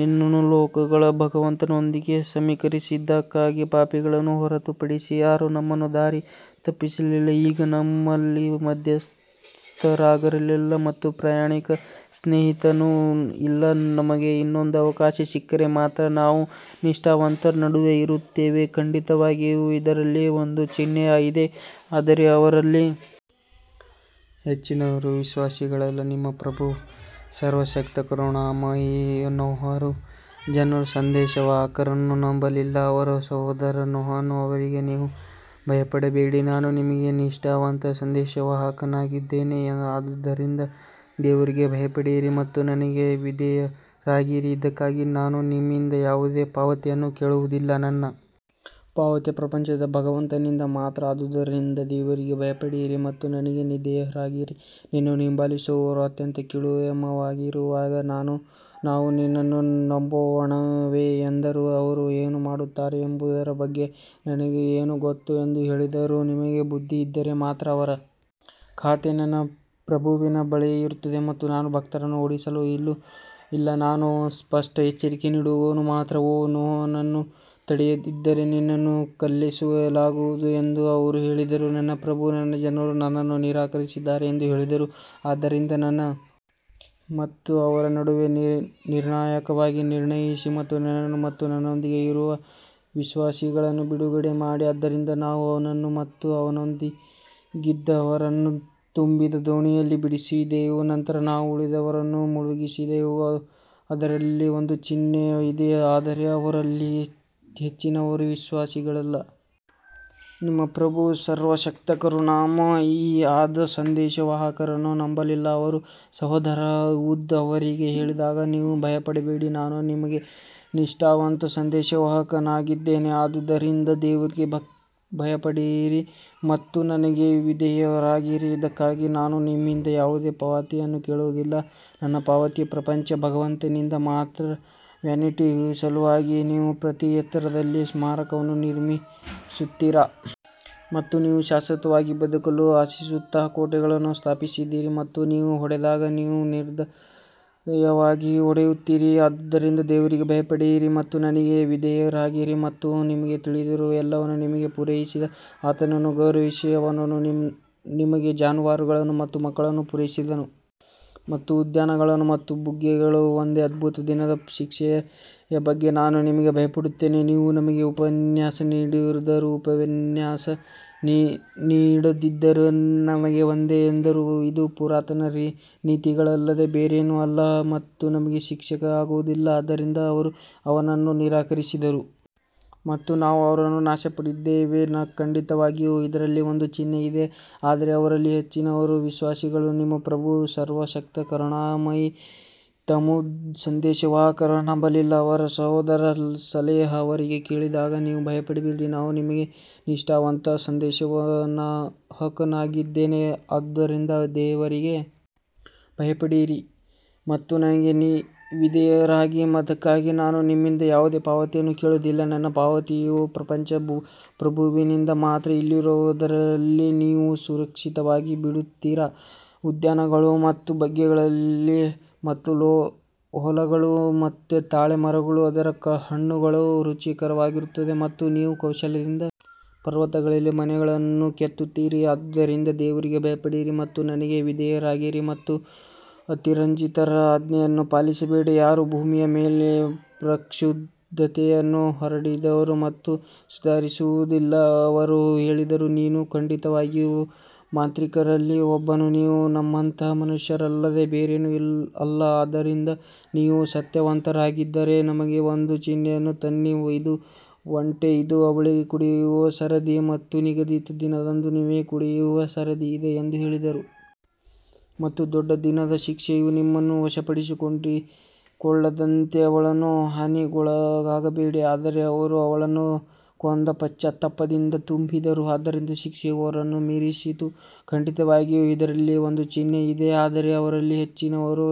ನಿನ್ನನ್ನು ಲೋಕಗಳ ಭಗವಂತನೊಂದಿಗೆ ಸಮೀಕರಿಸಿದ್ದಕ್ಕಾಗಿ ಪಾಪಿಗಳನ್ನು ಹೊರತುಪಡಿಸಿ ಯಾರೂ ನಮ್ಮನ್ನು ದಾರಿ ತಪ್ಪಿಸಲಿಲ್ಲ ಈಗ ನಮ್ಮಲ್ಲಿ ಮಧ್ಯಸ್ಥಗಾರರಿಲ್ಲ ಮತ್ತು ಪ್ರಾಮಾಣಿಕ ಸ್ನೇಹಿತನೂ ಇಲ್ಲ ನಮಗೆ ಇನ್ನೊಂದು ಅವಕಾಶ ಸಿಕ್ಕರೆ ಮಾತ್ರ ನಾವು ನಿಷ್ಠಾವಂತರ ನಡುವೆ ಇರುತ್ತೇವೆ ಖಂಡಿತವಾಗಿಯೂ ಇದರಲ್ಲಿ ಒಂದು ಚಿಹ್ನೆ ಇದೆ ಆದರೆ ಅವರಲ್ಲಿ ಹೆಚ್ಚಿನವರು ವಿಶ್ವಾಸಿಗಳಲ್ಲ ನಿಮ್ಮ ಪ್ರಭು ಸರ್ವಶಕ್ತ ಕರುಣಾಮಯಿ ನೂಹನ ಜನರು ಸಂದೇಶವಾಹಕರನ್ನು ನಂಬಲಿಲ್ಲ ಅವರ ಸಹೋದರ ನೋಹನು ಅವರಿಗೆ ನೀವು ಭಯಪಡಬೇಡಿ ನಾನು ನಿಮಗೆ ನಿಷ್ಠಾವಂತ ಸಂದೇಶವಾಹಕನಾಗಿದ್ದೇನೆ ಆದುದರಿಂದ ದೇವರಿಗೆ ಭಯಪಡಿರಿ ಮತ್ತು ನನಗೆ ವಿಧೇಯರಾಗಿರಿ ಇದಕ್ಕಾಗಿ ನಾನು ನಿಮ್ಮಿಂದ ಯಾವುದೇ ಪಾವತಿಯನ್ನು ಕೇಳುವುದಿಲ್ಲ, ನನ್ನ ಪಾವತಿಯು ಪ್ರಪಂಚದ ಭಗವಂತನಿಂದ ಮಾತ್ರ ಆದುದರಿಂದ ದೇವರಿಗೆ ಭಯಪಡಿರಿ ಮತ್ತು ನನಗೆ ವಿಧೇಯರಾಗಿರಿ ನಿನ್ನನ್ನು ಹಿಂಬಾಲಿಸುವವರು ಅತ್ಯಂತ ಕೀಳುಮಯವಾಗಿರುವಾಗ ನಾವು ನಿನ್ನನ್ನು ನಂಬೋಣವೇ ಎಂದರು ಅವರು ಏನು ಮಾಡುತ್ತಾರೆ ಎಂಬುದರ ಬಗ್ಗೆ ನನಗೆ ಏನು ಗೊತ್ತು ಎಂದು ಹೇಳಿದರು ನಿಮಗೆ ಬುದ್ಧಿ ಇದ್ದರೆ ಮಾತ್ರ ಅವರ ಖಾತೆ ನನ್ನ ಪ್ರಭುವಿನ ಬಳಿ ಇರುತ್ತದೆ ಮತ್ತು ನಾನು ಭಕ್ತರನ್ನು ಓಡಿಸಲು ಇಲ್ಲ ನಾನು ಸ್ಪಷ್ಟ ಎಚ್ಚರಿಕೆ ನೀಡುವವನು ಮಾತ್ರ ಓ ನೋಹನನ್ನು ತಡೆಯದಿದ್ದರೆ ನಿನ್ನನ್ನು ಕಲ್ಲೆಸೆಯಲಾಗುವುದು ಎಂದು ಅವರು ಹೇಳಿದರು ನನ್ನ ಪ್ರಭು ನನ್ನ ಜನರು ನನ್ನನ್ನು ನಿರಾಕರಿಸಿದ್ದಾರೆ ಎಂದು ಹೇಳಿದರು ಆದ್ದರಿಂದ ನನ್ನ ಮತ್ತು ಅವರ ನಡುವೆ ನಿರ್ಣಾಯಕವಾಗಿ ನಿರ್ಣಯಿಸಿ ಮತ್ತು ನನ್ನನ್ನು ಮತ್ತು ನನ್ನೊಂದಿಗೆ ಇರುವ ವಿಶ್ವಾಸಿಗಳನ್ನು ಬಿಡುಗಡೆ ಮಾಡಿ ಆದ್ದರಿಂದ ನಾವು ಅವನನ್ನು ಮತ್ತು ಅವನೊಂದಿಗಿದ್ದವರನ್ನು ತುಂಬಿದ ದೋಣಿಯಲ್ಲಿ ಬಿಡಿಸಿದೆವು ನಂತರ ನಾವು ಉಳಿದವರನ್ನು ಮುಳುಗಿಸಿದೆವು ಅದರಲ್ಲಿ ಒಂದು ಚಿಹ್ನೆ ಇದೆ ಆದರೆ ಅವರಲ್ಲಿ ಹೆಚ್ಚಿನವರು ವಿಶ್ವಾಸಿಗಳಲ್ಲ ನಿಮ್ಮ ಪ್ರಭು ಸರ್ವಶಕ್ತ ಕರುಣಾಮಯಿ ಆದ್ ಸಂದೇಶವಾಹಕರನ್ನು ನಂಬಲಿಲ್ಲ ಅವರ ಸಹೋದರ ಹುದ್ ಅವರಿಗೆ ಹೇಳಿದಾಗ ನೀವು ಭಯಪಡಬೇಡಿ ನಾನು ನಿಮಗೆ ನಿಷ್ಠಾವಂತ ಸಂದೇಶವಾಹಕನಾಗಿದ್ದೇನೆ ಆದುದರಿಂದ ದೇವರಿಗೆ ಭಯಪಡಿರಿ ಮತ್ತು ನನಗೆ ವಿಧೇಯರಾಗಿರಿ ಇದಕ್ಕಾಗಿ ನಾನು ನಿಮ್ಮಿಂದ ಯಾವುದೇ ಪಾವತಿಯನ್ನು ಕೇಳುವುದಿಲ್ಲ, ನನ್ನ ಪಾವತಿಯು ಪ್ರಪಂಚದ ಭಗವಂತನಿಂದ ಮಾತ್ರ ವ್ಯಾನಿಟಿಯ ಸಲುವಾಗಿ ನೀವು ಪ್ರತಿ ಎತ್ತರದಲ್ಲಿ ಸ್ಮಾರಕವನ್ನು ನಿರ್ಮಿಸುತ್ತೀರಾ? ಮತ್ತು ನೀವು ಶಾಶ್ವತವಾಗಿ ಬದುಕಲು ಆಶಿಸುತ್ತಾ ಕೋಟೆಗಳನ್ನು ಸ್ಥಾಪಿಸಿದ್ದೀರಿ ಮತ್ತು ನೀವು ಹೊಡೆದಾಗ ನೀವು ನಿರ್ದಯವಾಗಿ ಹೊಡೆಯುತ್ತೀರಿ ಆದುದರಿಂದ ದೇವರಿಗೆ ಭಯಪಡಿರಿ ಮತ್ತು ನನಗೆ ವಿಧೇಯರಾಗಿರಿ ಮತ್ತು ನಿಮಗೆ ತಿಳಿದಿರುವ ಎಲ್ಲವನ್ನೂ ನಿಮಗೆ ಪೂರೈಸಿದ ಆತನನ್ನು ಗೌರವಿಸಿ ಅವನು ನಿಮಗೆ ಜಾನುವಾರುಗಳನ್ನು ಮತ್ತು ಮಕ್ಕಳನ್ನು ಪೂರೈಸಿದನು ಮತ್ತು ಉದ್ಯಾನಗಳು ಮತ್ತು ಬುಗ್ಗೆಗಳು ಒಂದು ಅದ್ಭುತ ದಿನದ ಶಿಕ್ಷೆಯ ಬಗ್ಗೆ ನಾನು ನಿಮಗೆ ಭಯಪಡುತ್ತೇನೆ ನೀವು ನಮಗೆ ಉಪನ್ಯಾಸ ನೀಡಿದರೂ, ಉಪನ್ಯಾಸ ನೀಡದಿದ್ದರೂ ನಮಗೆ ಒಂದೇ ಎಂದರು ಇದು ಪುರಾತನರ ನೀತಿಗಳಲ್ಲದೆ ಬೇರೇನೂ ಅಲ್ಲ ಮತ್ತು ನಮಗೆ ಶಿಕ್ಷೆಯಾಗುವುದಿಲ್ಲ ಆದ್ದರಿಂದ ಅವರು ಅವನನ್ನು ನಿರಾಕರಿಸಿದರು ಮತ್ತು ನಾವು ಅವರನ್ನು ನಾಶಪಡಿಸಿದ್ದೇವೆ ಖಂಡಿತವಾಗಿಯೂ ಇದರಲ್ಲಿ ಒಂದು ಚಿಹ್ನೆ ಇದೆ ಆದರೆ ಅವರಲ್ಲಿ ಹೆಚ್ಚಿನವರು ವಿಶ್ವಾಸಿಗಳಲ್ಲ ನಿಮ್ಮ ಪ್ರಭು ಸರ್ವಶಕ್ತ ಕರುಣಾಮಯಿ ತಮೂದ್ ಸಂದೇಶವಾಹಕರನ್ನು ನಂಬಲಿಲ್ಲ ಅವರ ಸಹೋದರ ಸಲೇಹ್ ಅವರಿಗೆ ಹೇಳಿದಾಗ ನೀವು ಭಯಪಡಬೇಡಿ ನಾನು ನಿಮಗೆ ನಿಷ್ಠಾವಂತ ಸಂದೇಶವಾಹಕನಾಗಿದ್ದೇನೆ ಆದುದರಿಂದ ದೇವರಿಗೆ ಭಯಪಡಿರಿ ಮತ್ತು ನನಗೆ ವಿಧೇಯರಾಗಿರಿ ಅದಕ್ಕಾಗಿ ನಾನು ನಿಮ್ಮಿಂದ ಯಾವುದೇ ಪಾವತಿಯನ್ನು ಕೇಳುವುದಿಲ್ಲ, ನನ್ನ ಪಾವತಿಯು ಪ್ರಪಂಚದ ಪ್ರಭುವಿನಿಂದ ಮಾತ್ರ ಇಲ್ಲಿರುವದರಲ್ಲಿ ನೀವು ಸುರಕ್ಷಿತವಾಗಿ ಬಿಡುತ್ತೀರಾ ಉದ್ಯಾನಗಳು ಮತ್ತು ಬುಗ್ಗೆಗಳಲ್ಲಿ ಮತ್ತು ಹೊಲಗಳು ಮತ್ತು ತಾಳೆ ಮರಗಳು ಅದರ ಹಣ್ಣುಗಳು ರುಚಿಕರವಾಗಿರುತ್ತವೆ ಮತ್ತು ನೀವು ಕೌಶಲ್ಯದಿಂದ ಪರ್ವತಗಳಲ್ಲಿ ಮನೆಗಳನ್ನು ಕೆತ್ತುತ್ತೀರಿ ಆದುದರಿಂದ ದೇವರಿಗೆ ಭಯಪಡಿರಿ ಮತ್ತು ನನಗೆ ವಿಧೇಯರಾಗಿರಿ ಮತ್ತು ಅತಿರಂಜಿತರ ಆಜ್ಞೆಯನ್ನು ಪಾಲಿಸಬೇಡಿ ಯಾರು ಭೂಮಿಯ ಮೇಲೆ ಪ್ರಕ್ಷುಬ್ಧತೆಯನ್ನು ಹರಡಿದರು ಮತ್ತು ಸುಧಾರಿಸುವುದಿಲ್ಲ ಅವರು ಹೇಳಿದರು, ನೀನು ಖಂಡಿತವಾಗಿಯೂ ಮಾಂತ್ರಿಕರಲ್ಲಿ ಒಬ್ಬನು ನೀವು ನಮ್ಮಂತಹ ಮನುಷ್ಯರಲ್ಲದೆ ಬೇರೇನೂ ಅಲ್ಲ ಆದ್ದರಿಂದ ನೀವು ಸತ್ಯವಂತರಾಗಿದ್ದರೆ ನಮಗೆ ಒಂದು ಚಿಹ್ನೆಯನ್ನು ತನ್ನಿ ಇದು ಒಂಟೆ ಇದು ಅವಳಿಗೆ ಕುಡಿಯುವ ಸರದಿ ಮತ್ತು ನಿಗದಿತ ದಿನದಂದು ನಿಮಗೆ ಕುಡಿಯುವ ಸರದಿ ಇದೆ ಎಂದು ಹೇಳಿದರು. ಮತ್ತು ದೊಡ್ಡ ದಿನದ ಶಿಕ್ಷೆಯು ನಿಮ್ಮನ್ನು ವಶಪಡಿಸಿಕೊಳ್ಳದಂತೆ ಅವಳನ್ನು ಹಾನಿಗೊಳಗಾಗಬೇಡಿ ಆದರೆ ಅವರು ಅವಳನ್ನು ಕೊಂದು ಪಶ್ಚಾತ್ತಾಪದಿಂದ ತುಂಬಿದರು ಆದ್ದರಿಂದ ಶಿಕ್ಷೆಯು ಅವರನ್ನು ಮೀರಿಸಿತು, ಖಂಡಿತವಾಗಿಯೂ ಇದರಲ್ಲಿ ಒಂದು ಚಿಹ್ನೆ ಇದೆ ಆದರೆ ಅವರಲ್ಲಿ ಹೆಚ್ಚಿನವರು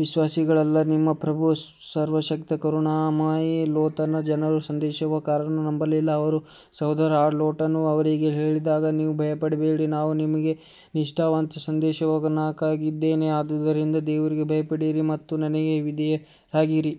ವಿಶ್ವಾಸಿಗಳಲ್ಲ ನಿಮ್ಮ ಪ್ರಭು ಸರ್ವಶಕ್ತ ಕರುಣಾಮಯಿ ಲೋತ್ ನ ಜನರು ಸಂದೇಶವಾಹಕರನ್ನು ನಂಬಲಿಲ್ಲ ಅವರ ಸಹೋದರ ಲೋಟನು ಅವರಿಗೆ ಹೇಳಿದಾಗ ನೀವು ಭಯಪಡಬೇಡಿ ನಾನು ನಿಮಗೆ ನಿಷ್ಠಾವಂತ ಸಂದೇಶವಾಹಕನಾಗಿದ್ದೇನೆ ಆದುದರಿಂದ ದೇವರಿಗೆ ಭಯಪಡಿರಿ ಮತ್ತು ನನಗೆ ವಿಧೇಯರಾಗಿರಿ.